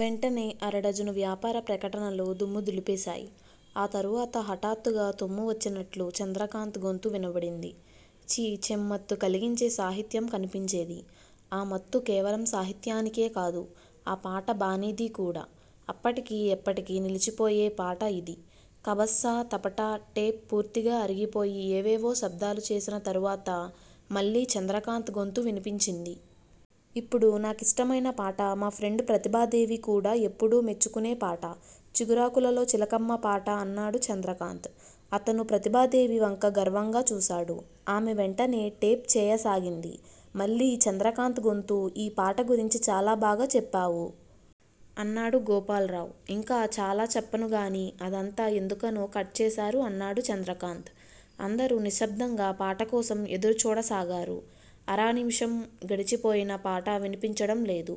వెంటనే అరడజను వ్యాపార ప్రకటనలు దుమ్ము దులిపేశాయ్. ఆ తరువాత హఠాత్తుగా తుమ్ము వచ్చినట్లు చంద్రకాంత్ గొంతు వినబడింది. ఛీ చెం మత్తు కలిగించే సాహిత్యం కనిపించేది. ఆ మత్తు కేవలం సాహిత్యానికే కాదు. ఆ పాట బాణీది కూడా! అప్పటికీ, ఎప్పటికీ నిలిచిపోయే పాట ఇది- కబస్సా- తపట, టేప్ పూర్తిగా అరిగిపోయి ఏవేవో శబ్దాలు చేసిన తరువాత మళ్ళీ చంద్రకాంత్ గొంతు వినిపించింది. ఇప్పుడు- నాకిష్టమయిన పాట- మా ఫ్రెండ్ ప్రతిభాదేవి కూడా ఎప్పుడూ మెచ్చుకునే పాట- చిగురాకులలో చిలకమ్మా పాట అన్నాడు చంద్రకాంత్. అతను ప్రతిభాదేవి వంక గర్వంగా చూశాడు. ఆమె వెంటనే టేప్ చేయసాగింది. మళ్ళీ చంద్రకాంత్ గొంతు- ఈ పాట గురించి చాలా బాగా చెప్పావు! అన్నాడు గోపాల్రావ్. ఇంకా చాలా చెప్పను గాని అదంతా ఎందుకనో కట్ చేశారు అన్నాడు చంద్రకాంత్. అందరూ నిశ్శబ్దంగా పాట కోసం ఎదురు చూడసాగారు. అరా నిముషం గడిచిపోయినా పాట వినిపించడం లేదు.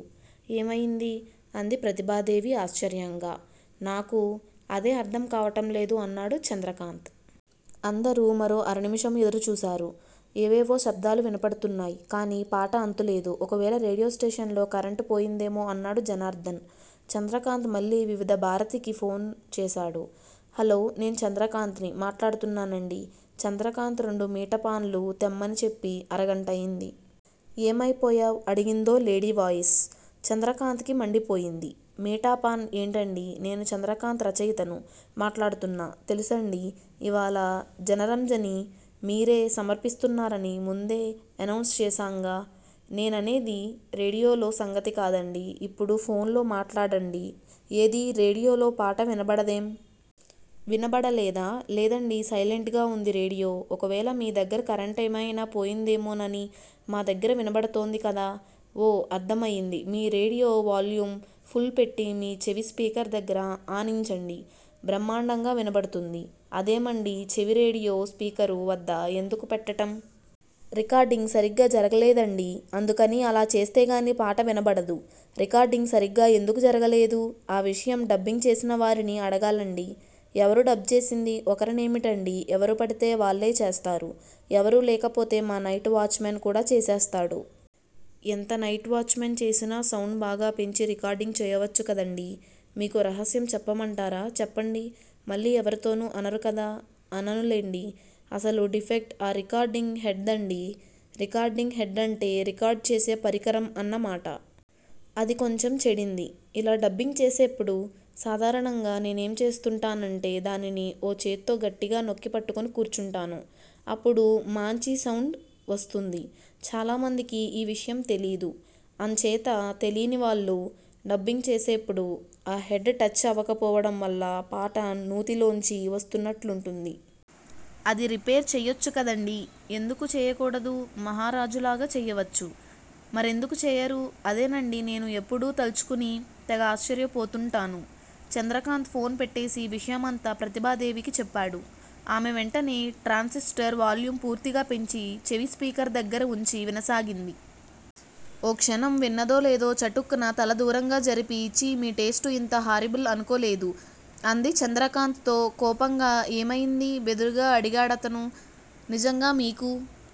ఏమయింది? అంది ప్రతిభాదేవి ఆశ్చర్యంగా. నాకూ అదే అర్ధం కావటం లేదు అన్నాడు చంద్రకాంత్. అందరూ మరో అరనిముషం ఎదుర్చూశారు. ఏవేవో శబ్దాలు వినపడుతున్నాయ్. కానీ పాట అంతులేదు. ఒకవేళ రేడియో స్టేషన్ లో కరెంటుపోయిందేమో! అన్నాడు జనార్ధన్. చంద్రకాంత్ మళ్ళీ వివిధభారతికి ఫోన్ చేశాడు. హలో, నేను చంద్రకాంత్ ని మాట్లాడుతున్నానండీ. చంద్రకాంత్ రెండు మీటపాన్లు తెమ్మని చెప్పి అరగంటయింది. ఏమైపోయావ్ అడిగిందో లేడీ వాయిస్. చంద్రకాంత్ కి మండిపోయింది. మీటాపాన్ ఏంటండీ! నేను చంద్రకాంత్ రచయితను మాట్లాడుతున్నా! తెలుసండీ. ఇవాళ జనరంజని మీరే సమర్పిస్తున్నారని ముందే ఎనౌన్స్ చేశాంగా. నేననేది రేడియోలో సంగతి కాదండీ ఇప్పుడు ఫోన్ లో- మాట్లాడండి. ఏదీ రేడియోలో పాట వినబడదేం? వినబడలేదా? లేదండీ సైలెంట్ గా ఉంది రేడియో. ఒకవేళ మీ దగ్గర కరెంటేమయినా పోయిందేమోనని- మా దగ్గర వినబడుతోంది కదా! ఓ అర్థమయ్యింది మీ రేడియో వ్యాల్యూమ్ ఫుల్ పెట్టి, మీ చెవి స్పీకర్ దగ్గర ఆనించండి! బ్రహ్మాండంగా వినబడుతుంది. అదేమండి, చెవి రేడియో స్పీకరు వద్ద ఎందుకు పెట్టటం? రికార్డింగ్ సరిగ్గా జరగలేదండీ. అందుకని అలా చేస్తే గానీ పాట వినబడదు రికార్డింగ్ సరిగ్గా ఎందుకు జరగలేదు? ఆ విషయం డబ్బింగ్ చేసినవారిని అడగాలండి! ఎవరు డబ్ చేసింది? ఒకరనేమిటండీ ఎవరుపడితే వాళ్ళే చేస్తారు. ఎవరూ లేకపోతే మా నైట్ వాచ్ మెన్ కూడా చేసేస్తాడు. ఎంత నైట్ వాచ్ మన్ చేసినా సౌండ్ బాగా పెంచి రికార్డింగ్ చేయవచ్చు కదండీ? మీకో రహస్యం చెప్పమంటారా? చెప్పండి. మళ్ళీ ఎవరితోనూ అనరు కదా? అననులెండి. అసలు డిఫెక్ట్ ఆ రికార్డింగ్ హెడ్ డండీ. రికార్డింగ్ హెడ్డంటే? రికార్డ్ చేసే పరికరం అన్న మాట! అది కొంచెం చెడింది. ఇలా డబ్బింగ్ చేసేప్పుడు సాధారణంగా నేనేం చేస్తుంటానంటే దానిని ఓ చేత్తో గట్టిగా నొక్కి పట్టుకుని కూర్చుంటాను. అప్పుడు మాంచి సౌండ్ వస్తుంది. చాలామందికి ఈ విషయం తెలీదు. అంచేత తెలీనివాళ్ళు డబ్బింగ్ చేసేప్పుడు ఆ హెడ్ 'టచ్' అవకపోవడం వల్ల పాట నూతిలోంచి వస్తున్నట్లుంటుంది. అది రిపేర్ చెయ్యొచ్చు కదండీ? ఎందుకు చేయకూడదు? మహారాజులాగా చెయ్యవచ్చు. మరెందుకు చేయరు? అదేనండీ, నేనూ ఎప్పుడూ తల్చుకుని తెగ ఆశ్చర్యపోతూంటాను. చంద్రకాంత్ ఫోన్ పెట్టేసి విషయమంతా ప్రతిభాదేవికి చెప్పాడు. ఆమె వెంటనే ట్రాన్సిష్టర్ వాల్యూమ్ పూర్తిగా పెంచి చెవి స్పీకర్ దగ్గర ఉంచి వినసాగింది. ఓ క్షణం విన్నదో లేదో చటుక్కున తల దూరంగా జరిపి ఛీ మీ టేస్టు ఇంత హారిబుల్ అనుకోలేదు అంది చంద్రకాంత్ తో కోపంగా. ఏమయింది? బెదురుగా అడిగాడతను. నిజంగా మీకు